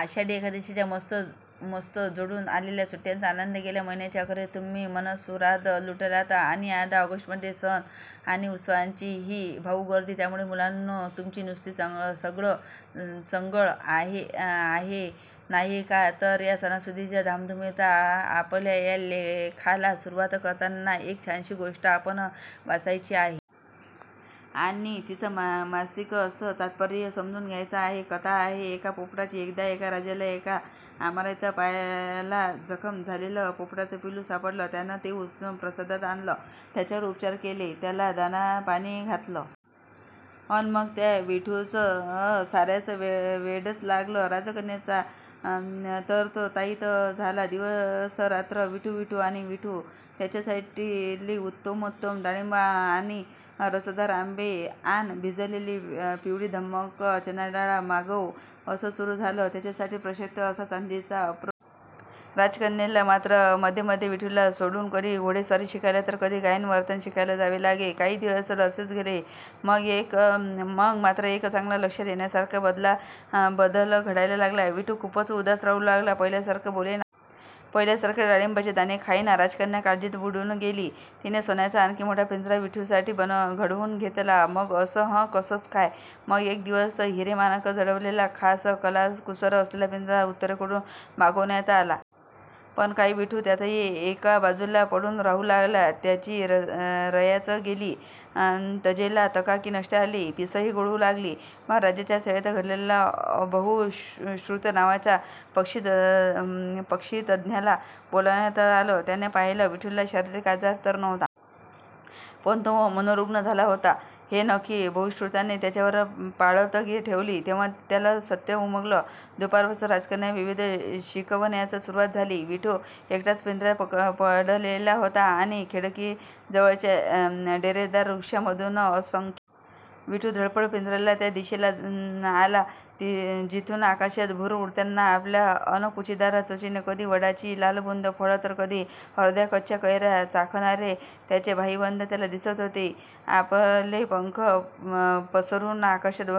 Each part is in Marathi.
आषाढी एकादशीच्या मस्त जोडून आलेल्या सुट्ट्यांचा आनंद गेल्या महिन्याच्या अखेरीस तुम्ही मनमुराद लुटलात आणि आता ऑगस्टमध्ये सण आणि उत्सवांची हीऽऽ भाऊगर्दी! त्यामुळे मुलांनो, तुमची नुसती चंगळ आहे नाही का? तर या सणासुदीच्या धामधुमीत आपल्या या लेखाला सुरुवात करताना एक छानशी गोष्ट आपण वाचायची आहे. आणि तिचं मार्मिक असं तात्पर्यही समजून घ्यायचं आहे. कथा आहे एका पोपटाची. एकदा एका राजाला, एका आमराईत पायाला जखम झालेलं पोपटाचं पिल्लू सापडलं. त्यानं ते उचलून प्रासादात आणलं. त्याच्यावर उपचार केले. त्याला दाणापाणी घातलं. अन् मग त्या विठूचं साऱ्यांना वेडच लागलं. राजकन्येचा तर तो ताईत झाला. दिवसरात्र विठू, विठू आणि विठू. त्याच्यासाठी उत्तमोत्तम डाळिंबं आण, रसदार आंबे आण, भिजविलेली पिवळीधम्मक चणाडाळ मागव; असं सुरू झालं. त्याच्यासाठी प्रशस्त असा चांदीचा अप्रतिम पिंजरा बनवला गेला. राजकन्येला मात्र मध्येमध्ये विठूला सोडून कधी घोडेस्वारी शिकायला तर कधी गायन-नर्तन शिकायला जावे लागे. काही दिवस असेच गेले. मग मात्र एक चांगला लक्षात येण्यासारखा बदल घडायला लागला. विठू खूपच उदास राहू लागला. पहिल्यासारखं बोलेना. पहिल्यासारखं डाळिंबाचे दाणे खाईना. राजकन्या काळजीत बुडून गेली. तिने सोन्याचा आणखी मोठा पिंजरा विठूसाठी घडवून घेतला. पण अं हं! कसचं काय! मग एक दिवस हिरे-माणकं जडवलेला, खास कलाकुसर असलेला पिंजरा उत्तरेकडून मागवण्यात आला. पण नाही, विठू त्यातही एका बाजूला पडून राहू लागला. त्याची रयाच गेली. तजेला, तकाकी नष्ट झाली. पिसंही गळू लागली. मग राजाच्या सेवेत असलेल्या बहुश्रुत नावाच्या पक्षितज्ज्ञाला बोलावण्यात आलं. त्याने पाहिलं. विठूला शारीरिक आजार तर नव्हता. पण तो मनोरुग्ण झाला होता, हे नक्की. बहुश्रुताने त्याच्यावर पाळत ठेवली. तेव्हा त्याला सत्य उमगलं. दुपारपासून राजकन्येच्या विविध शिकवण्यांना सुरुवात झाली. विठू एकटाच पिंजऱ्यात पडलेला होता आणि खिडकीजवळच्या डेरेदार वृक्षांमधून असंख्य पोपटांचे थवे आवाज करू लागले. विठू धडपडत पिंजऱ्याच्या त्या दिशेला आला, जिथून आकाशात भुर्र उडताना आपल्या अणकुचीदार चोचीने कधी वडाची लालबुंद फळं, तर कधी अर्ध्याकच्च्या कैऱ्या चाखणारे त्याचे भाईबंद त्याला दिसत होते. आपले पंख पसरून आकाशात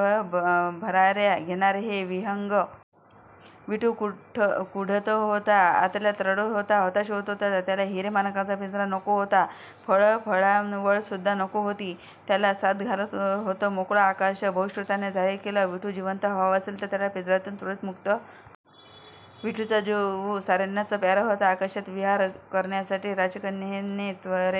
भराऱ्या घेणारे ते विहंग किती लोभस दिसत होते! विठू कुढत होता. आतल्या आत रडत होता. हताश होत होता. त्याला हिरे-माणकांचा पिंजरा नको होता. फळफळावळसुद्धा नको होती. त्याला साद घालत होतं मोकळं आकाश. बहुश्रुताने जाहीर केलं, विठू जिवंत हवा असेल, तर त्याला पिंजऱ्यातून त्वरित मुक्त करा. विठूचा जीव साऱ्यांनाच प्यारा होता. आकाशात विहार करण्यासाठी राजकन्येने त्वरेने